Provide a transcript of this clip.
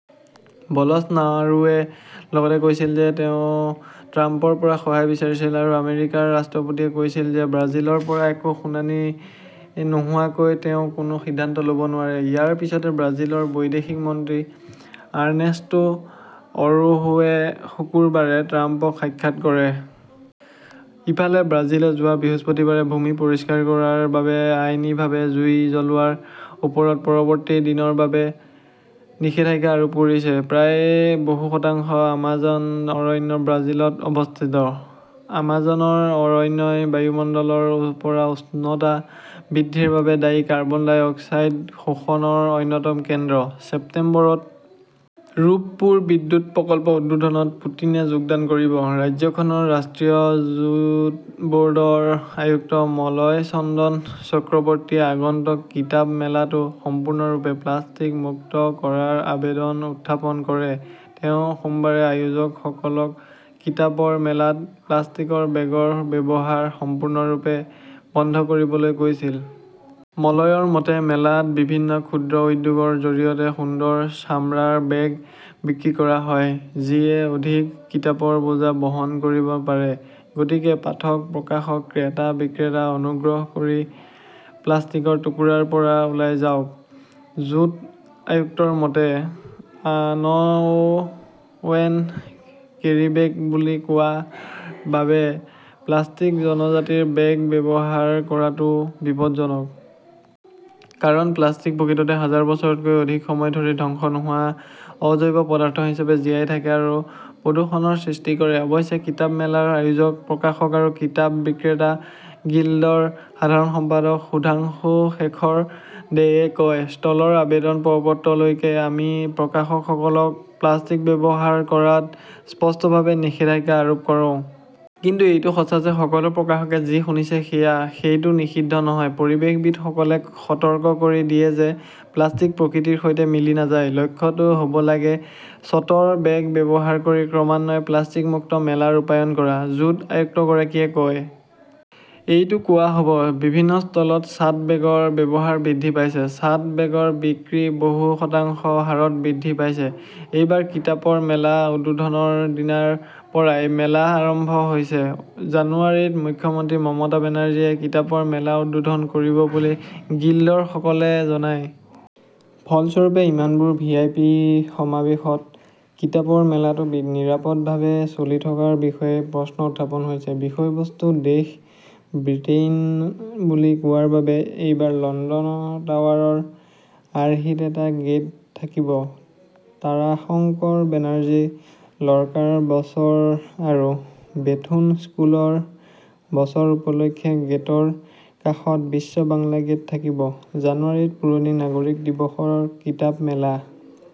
বলছ "নাৰোৱে লগতে কৈছিল যে তেওঁ ট্ৰাম্পৰ পৰা সহায় বিচাৰিছিল আৰু আমেৰিকাৰ ৰাষ্ট্ৰপতিয়ে কৈছিল যে ব্ৰাজিলৰ পৰা একো শুনানি নোহোৱাকৈ তেওঁ কোনো সিদ্ধান্ত ল’ব নোৱাৰে। ইয়াৰ পিছতে ব্ৰাজিলৰ বৈদেশিক মন্ত্ৰী আৰ্নেষ্টো অৰোহুৱে শুকুৰবাৰে ট্ৰাম্পক সাক্ষাৎ কৰে। ইফালে, ব্ৰাজিলে যোৱা বৃহস্পতিবাৰে ভূমি পৰিষ্কাৰ কৰাৰ বাবে আইনীভাৱে জুই জ্বলোৱাৰ ওপৰত পৰৱৰ্তী দিনৰ বাবে নিষেধাজ্ঞা আৰোপ কৰিছে। প্ৰায় বহু শতাংশ আমাজন অৰণ্য ব্ৰাজিলত অৱস্থিত। আমাজনৰ অৰণ্যই বায়ুমণ্ডলৰ পৰা উষ্ণতা বৃদ্ধিৰ বাবে দায়ী কাৰ্বন ডাই অক্সাইড শোষণৰ অন্যতম কেন্দ্ৰ। ছেপ্টেম্বৰত ৰূপপুৰ বিদ্যুৎ প্ৰকল্প উদ্বোধনত, পুটিনে যোগদান কৰিব। ৰাজ্যখনৰ ৰাষ্ট্ৰীয় জুট ব’ৰ্ডৰ আয়ুক্ত মলয় চন্দন চক্ৰৱৰ্তিয়ে আগন্তুক কিতাপ মেলাটো সম্পূৰ্ণৰূপে প্লাষ্টিক মুক্ত কৰাৰ আবেদন উত্থাপন কৰে। তেওঁ সোমবাৰে আয়োজকসকলক কিতাপৰ মেলাত প্লাষ্টিকৰ বেগৰ ব্যৱহাৰ সম্পূৰ্ণৰূপে বন্ধ কৰিবলৈ কৈছিল। মলয়ৰ মতে, "মেলাত বিভিন্ন ক্ষুদ্ৰ উদ্যোগৰ জৰিয়তে সুন্দৰ চামৰাৰ বেগ বিক্ৰী কৰা হয়, যিয়ে অধিক কিতাপৰ বোজা বহন কৰিব পাৰে। গতিকে পাঠক, প্ৰকাশক, ক্ৰেতা, বিক্ৰেতা-অনুগ্ৰহ কৰি প্লাষ্টিকৰ টুকুৰাৰ পৰা ওলাই যাওক! "জুট আয়ুক্তৰ মতে, আনঅ" ৱেন কেৰীবেগ বুলি কোৱাৰ বাবে প্লাষ্টিক জনজাতিৰ বেগ ব্যৱহাৰ কৰাটোও বিপদজনক। কাৰণ, প্লাষ্টিক প্ৰকৃততে হাজাৰ বছৰতকৈও অধিক সময় ধৰি ধ্বংস নোহোৱা অজৈব পদাৰ্থ হিচাপে জীয়াই থাকে আৰু প্ৰদূষণৰ সৃষ্টি কৰে। অৱশ্যে, কিতাপ মেলাৰ আয়োজক, প্ৰকাশক আৰু কিতাপ বিক্ৰেতা গিল্ডৰ সাধাৰণ সম্পাদক সুধাংশুশেখৰ দেয়ে কয়, "ষ্টলৰ আবেদন প্ৰ-পত্ৰলৈকে আমি প্ৰকাশকসকলক প্লাষ্টিক ব্যৱহাৰ কৰাত স্পষ্টভাৱে নিষেধাজ্ঞা আৰোপ কৰো। কিন্তু এইটো সঁচা যে সকলো প্ৰকাশকে যি শুনিছে সেয়া। সেইটো নিষিদ্ধ নহয়। পৰিৱেশবিদসকলে সতৰ্ক কৰি দিয়ে যে প্লাষ্টিক প্ৰকৃতিৰ সৈতে মিলি নাযায়। "লক্ষ্যটো হ’ব লাগে চটৰ বেগ ব্যৱহাৰ কৰি ক্ৰমান্বয়ে প্লাষ্টিক-মুক্ত মেলা ৰূপায়ণ কৰা ", জুট আয়ুক্তগৰাকীয়ে কয়। এইটো কোৱা হ’ব, বিভিন্ন ষ্টলত চাট বেগৰ ব্যৱহাৰ বৃদ্ধি পাইছে। চাট বেগৰ বিক্ৰী বহু শতাংশ হাৰত বৃদ্ধি পাইছে। এইবাৰ কিতাপৰ মেলা উদ্বোধনৰ দিনাৰ পৰাই মেলা আৰম্ভ হৈছে। জানুৱাৰীত মুখ্যমন্ত্ৰী মমতা বেনাৰ্জীয়ে কিতাপৰ মেলা উদ্বোধন কৰিব বুলি গিল্ডৰসকলে জনায়। ফলস্বৰূপে, ইমানবোৰ ভি. আই. পি. সমাৱেশত কিতাপৰ মেলাটো নিৰাপদভাৱে চলি থকাৰ বিষয়ে প্ৰশ্ন উত্থাপন হৈছে। বিষয়বস্তু দেশ 'ব্ৰিটেইন’ বুলি কোৱাৰ বাবে এইবাৰ লণ্ডন টাৱাৰৰ আৰ্হিত এটা গেট থাকিব। তাৰাশংকৰ বেনাৰ্জী, লৰ্কাৰ বছৰ আৰু বেথুন স্কুলৰ বছৰ উপলক্ষে গেটৰ কাষত বিশ্ব বাংলা গেট থাকিব। জানুৱাৰীত পুৰণি নাগৰিক দিৱসৰ কিতাপ মেলা।